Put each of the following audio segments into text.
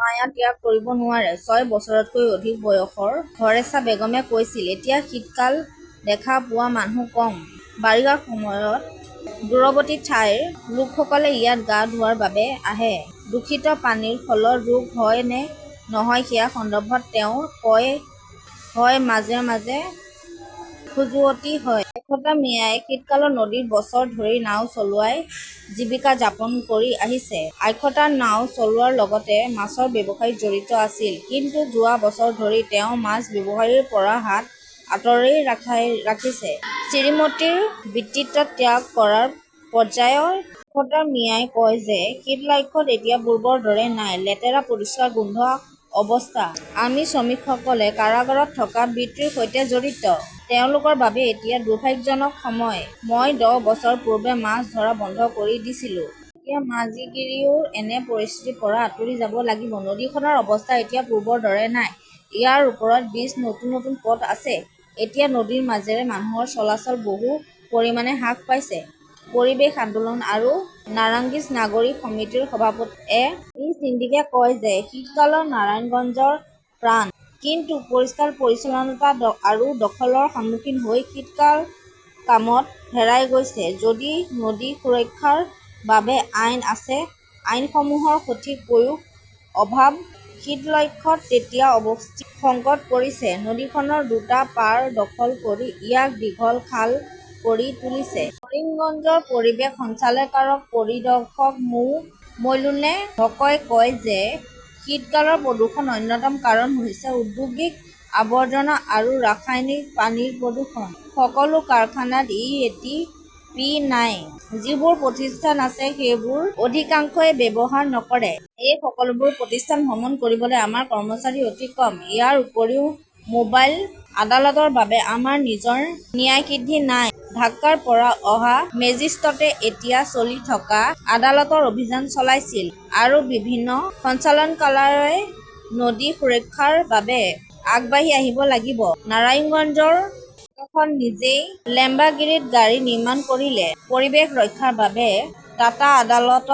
মায়া ত্যাগ কৰিব নোৱাৰে। ছয় বছৰতকৈ অধিক বয়সৰ হৰেছা বেগমে কৈছিল, এতিয়া শীতকাল দেখা পোৱা মানুহ কম। বাৰিষাৰ সময়ত দূৰৱৰ্তী ঠাইৰ লোকসকলে ইয়াত গা ধোৱাৰ বাবে আহে। দূষিত পানীৰ ফলত ৰোগ হয় নে নহয় সেয়া সন্দৰ্ভত তেওঁ কয়, হয় মাজে -মাজে খজুৱতি হয়। এখতাৰ মিয়াই শীতকালত নদীত বছৰ ধৰি নাওঁ চলাই জীৱিকা যাপন কৰি আহিছে। এখতাৰ নাওঁ চলোৱাৰ লগতে মাছৰ ব্যৱসায়ত জড়িত আছিল। কিন্তু যোৱা বছৰ ধৰি তেওঁ মাছৰ ব্যৱসায়ৰ পৰা হাত আঁতৰাই ৰাখিছে। শ্ৰীমতীৰ বৃত্তিও ত্যাগ কৰাৰ পৰ্যায়ৰ আখতাৰ মিয়াৱে কয় যে শীতলক্ষ্য এতিয়া পূৰ্বৰ দৰে নাই। লেতেৰা, পৰিষ্কাৰ গোন্ধ থকা অৱস্থা। আমি শ্ৰমিকসকলে কাৰাগাৰত থকা বৃত্তিৰ সৈতে জড়িত। তেওঁলোকৰ বাবে এতিয়া দুৰ্ভাগ্যজনক সময়। মই দহ বছৰ পূৰ্বে মাছ ধৰা বন্ধ কৰি দিছিলোঁ। এতিয়া মাজিগিৰিও এনে পৰিস্থিতিৰ পৰা আঁতৰি যাব লাগিব। নদীখনৰ অৱস্থা এতিয়া পূৰ্বৰ দৰে নাই। ইয়াৰ ওপৰত ব্ৰীজ, নতুন -নতুন পথ আছে। এতিয়া নদীৰ মাজেৰে মানুহৰ চলাচল বহু পৰিমাণে হ্ৰাস পাইছে। পৰিৱেশ আন্দোলন আৰু নাৰাংইজ নাগৰিক সমিতিৰ সভাপতি এ. বি. ছিদ্দিকে কয় যে শীতকালৰ নাৰাংইজগঞ্জৰ প্ৰাণ। কিন্তু পৰিষ্কাৰ-পৰিচ্ছন্নতা আৰু দখলৰ সন্মুখীন হৈ শীতলকাল কামত হেৰাই গৈছে, যদিও নদী সুৰক্ষাৰ বাবে আইন আছে ,আইনসমূহৰ সঠিক প্ৰয়োগ অভাৱ শীতলক্ষ্য এতিয়া অস্তিত্ব সংকটত পৰিছে। নদীখনৰ দুটা পাৰ দখল কৰি ইয়াক দীঘল খাল কৰি তুলিছে। নাৰায়ণগঞ্জৰ পৰিৱেশ সঞ্চালকাৰক পৰিদৰ্শক মো. মইনুল হকই কয় যে শীতকালৰ প্ৰদূষণৰ অন্যতম কাৰণ হৈছে ঔদ্যোগিক আৱৰ্জনা আৰু ৰাসায়নিক পানীৰ প্ৰদূষণ। সকলো কাৰখানাত ই টি পি নাই। যিবোৰ প্ৰতিষ্ঠান আছে সেইবোৰৰ অধিকাংশই ব্যৱহাৰ নকৰে। এই সকলোবোৰ প্ৰতিষ্ঠান ভ্ৰমণ কৰিবলৈ আমাৰ কৰ্মচাৰী অতি কম। ইয়াৰ উপৰিও মোবাইল আদালতৰ বাবে আমাৰ নিজৰ ন্যায়াধীশ নাই। ঢাকাৰ পৰা অহা মেজিস্ট্ৰেটে তেতিয়া চলি থকা আদালতৰ অভিযান চলাইছিল। আৰু বিভিন্ন সঞ্চালনকালয়ই নদী সুৰক্ষাৰ বাবে আগবাঢ়ি আহিব লাগিব। নাৰায়ণগঞ্জৰ শত নিজে লেম্বাৰগিনি গাড়ী নিৰ্মাণ কৰিলে। পৰিৱেশ ৰক্ষাৰ বাবে ত্ৰাতা আদালত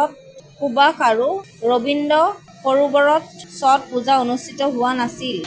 সুভাষ আৰু ৰবীন্দ্ৰ সৰোবৰত ছট পূজা অনুষ্ঠিত হোৱা নাছিল।